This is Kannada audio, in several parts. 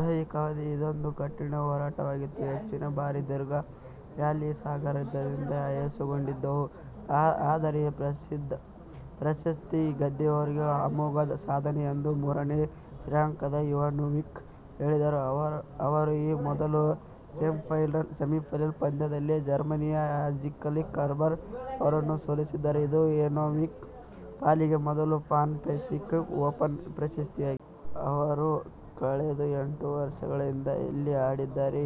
ದೈಹಿಕವಾಗಿ ಇದೊಂದು ಕಠಿನ ಹೋರಾಟವಾಗಿತ್ತು. ಹೆಚ್ಚಿನ ಬಾರಿ ದೀರ್ಘ ರ್ಯಾಲಿ ಸಾಗಿದ್ದರಿಂದ ಆಯಾಸಗೊಂಡಿದ್ದೆವು. ಆದರೆ ಪ್ರಶಸ್ತಿ ಗೆದ್ದಿರುವುದು ಅಮೋಘ ಸಾಧನೆ ಎಂದು ಮೂರನೇ ಶ್ರೇಯಾಂಕದ ಇವಾನೋವಿಕ್ ಹೇಳಿದರು. ಅವರು ಈ ಮೊದಲು ಸೆಮಿಫೈನಲ್ ಪಂದ್ಯದಲ್ಲಿ ಜರ್ಮನಿಯ ಆ್ಯಂಜೆಲಿಕ್ ಕರ್ಬರ್ ಅವರನ್ನು ಸೋಲಿಸಿದ್ದರು. ಇದು ಇವಾನೋವಿಕ್ ಪಾಲಿಗೆ ಮೊದಲ ಪಾನ್ ಪೆಸಿಫಿಕ್ ಓಪನ್ ಪ್ರಶಸ್ತಿಯಾಗಿದೆ. ಅವರು ಕಳೆದ ಎಂಟು ವರ್ಷಗಳಿಂದ ಇಲ್ಲಿ ಆಡಿದ್ದರು.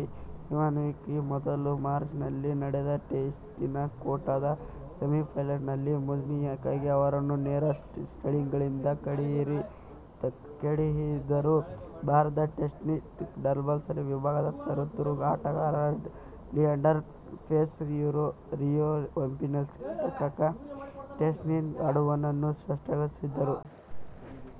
ಇವಾನೋವಿಕ್ ಈ ಮೊದಲು ಮಾರ್ಚ್ನಲ್ಲಿ ನಡೆದ ಟೆನಿಸ್ ಕೂಟದ ಸೆಮಿಫೈನಲ್ನಲ್ಲಿ ವೋಜ್ನಿಯಾಕಿ ಅವರನ್ನು ನೇರ ಸೆಟ್ಗಳಿಂದಲೇ ಕೆಡಹಿದ್ದರು. ಭಾರತದ ಟೆನ್ನಿಸ್ನ ಡಬಲ್ಸ್ ವಿಭಾಗದ ಚತುರ ಆಟಗಾರ ಲಿಯಾಂಡರ್ ಪೇಸ್ ರಿಯೋ ಒಲಿಂಪಿಕ್ಸ್ ತನಕ ಟೆನ್ನಿಸ್ ಆಡುವುದನ್ನು ಸ್ಪಷ್ಟಪಡಿಸಿದ್ದಾರೆ.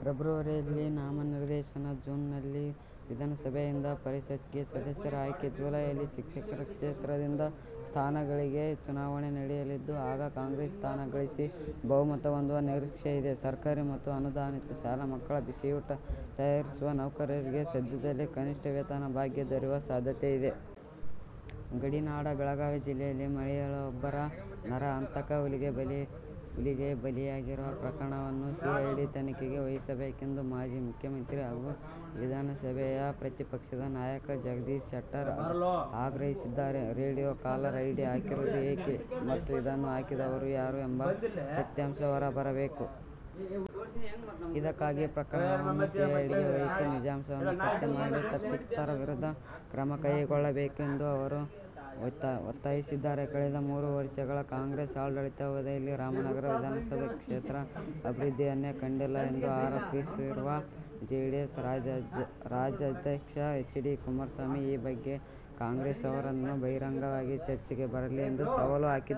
ಫೆಬ್ರವರಿಯಲ್ಲಿ ನಾಮನಿರ್ದೇಶನ, ಜೂನ್ನಲ್ಲಿ ವಿಧಾನಸಭೆಯಿಂದ ಪರಿಷತ್ಗೆ ಸದಸ್ಯರ ಆಯ್ಕೆ, ಜುಲೈಯಲ್ಲಿ ಶಿಕ್ಷಕರ ಕ್ಷೇತ್ರದಿಂದ ಸ್ಥಾನಗಳಿಗೆ ಚುನಾವಣೆ ನಡೆಯಲಿದ್ದು, ಆಗ ಕಾಂಗ್ರೆಸ್ ಸ್ಥಾನ ಗಳಿಸಿ ಬಹುಮತ ಹೊಂದುವ ನಿರೀಕ್ಷೆ ಇದೆ. ಸರ್ಕಾರಿ ಮತ್ತು ಅನುದಾನಿತ ಶಾಲಾ ಮಕ್ಕಳ ಬಿಸಿಯೂಟ ತಯಾರಿಸುವ ನೌಕರರಿಗೆ ಸದ್ಯದಲ್ಲೇ "ಕನಿಷ್ಠ ವೇತನ ಭಾಗ್ಯ' ದೊರೆಯುವ ಸಾಧ್ಯತೆ ಇದೆ. ಗಡಿನಾಡ ಬೆಳಗಾವಿ ಜಿಲ್ಲೆಯಲ್ಲಿ ಮಹಿಳೆಯೊಬ್ಬರು ನರಹಂತಕ ಹುಲಿಗೆ ಬಲಿಯಾಗಿರುವ ಪ್ರಕರಣವನ್ನು ಸಿಐಡಿ ತನಿಖೆಗೆ ವಹಿಸಬೇಕು ಎಂದು ಮಾಜಿ ಮುಖ್ಯಮಂತ್ರಿ ಹಾಗೂ ವಿಧಾನಸಭೆಯ ಪ್ರತಿಪಕ್ಷದ ನಾಯಕ ಜಗದೀಶ್ ಶೆಟ್ಟರ್ ಆಗ್ರಹಿಸಿದ್ದಾರೆ. "ರೇಡಿಯೋ ಕಾಲರ್ ಐಡಿ ಹಾಕಿರುವುದು ಏಕೆ? ಮತ್ತು ಇದನ್ನು ಹಾಕಿದವರು ಯಾರು ಎಂಬ ಸತ್ಯಾಂಶ ಹೊರ ಬರಬೇಕು. ಇದಕ್ಕಾಗಿ ಪ್ರಕರಣವನ್ನು ಸಿಐಡಿಗೆ ವಹಿಸಿ ನಿಜಾಂಶವನ್ನು ಪತ್ತೆ ಮಾಡಿ ತಪ್ಪಿತಸ್ಥರ ವಿರುದ್ಧ ಕ್ರಮ ಕೈಗೊಳ್ಳಬೇಕು' ಎಂದು ಅವರು ಒತ್ತಾಯಿಸಿದ್ದಾರೆ. ಕಳೆದ ಮೂರು ವರ್ಷಗಳ ಕಾಂಗ್ರೆಸ್ ಆಡಳಿತಾವಧಿಯಲ್ಲಿ ರಾಮನಗರ ವಿಧಾನಸಭಾ ಕ್ಷೇತ್ರ ಅಭಿವೃದ್ಧಿಯನ್ನೇ ಕಂಡಿಲ್ಲ ಎಂದು ಆರೋಪಿಸಿರುವ ಜೆಡಿಎಸ್ ರಾಜ್ಯಾಧ್ಯಕ್ಷ ಎಚ್. ಡಿ. ಕುಮಾರಸ್ವಾಮಿ, ಈ ಬಗ್ಗೆ ಕಾಂಗ್ರೆಸ್ನವರು ಬಹಿರಂಗವಾಗಿ ಚರ್ಚೆಗೆ ಬರಲಿ ಎಂದು ಸವಾಲು ಹಾಕಿದ್ದಾರೆ.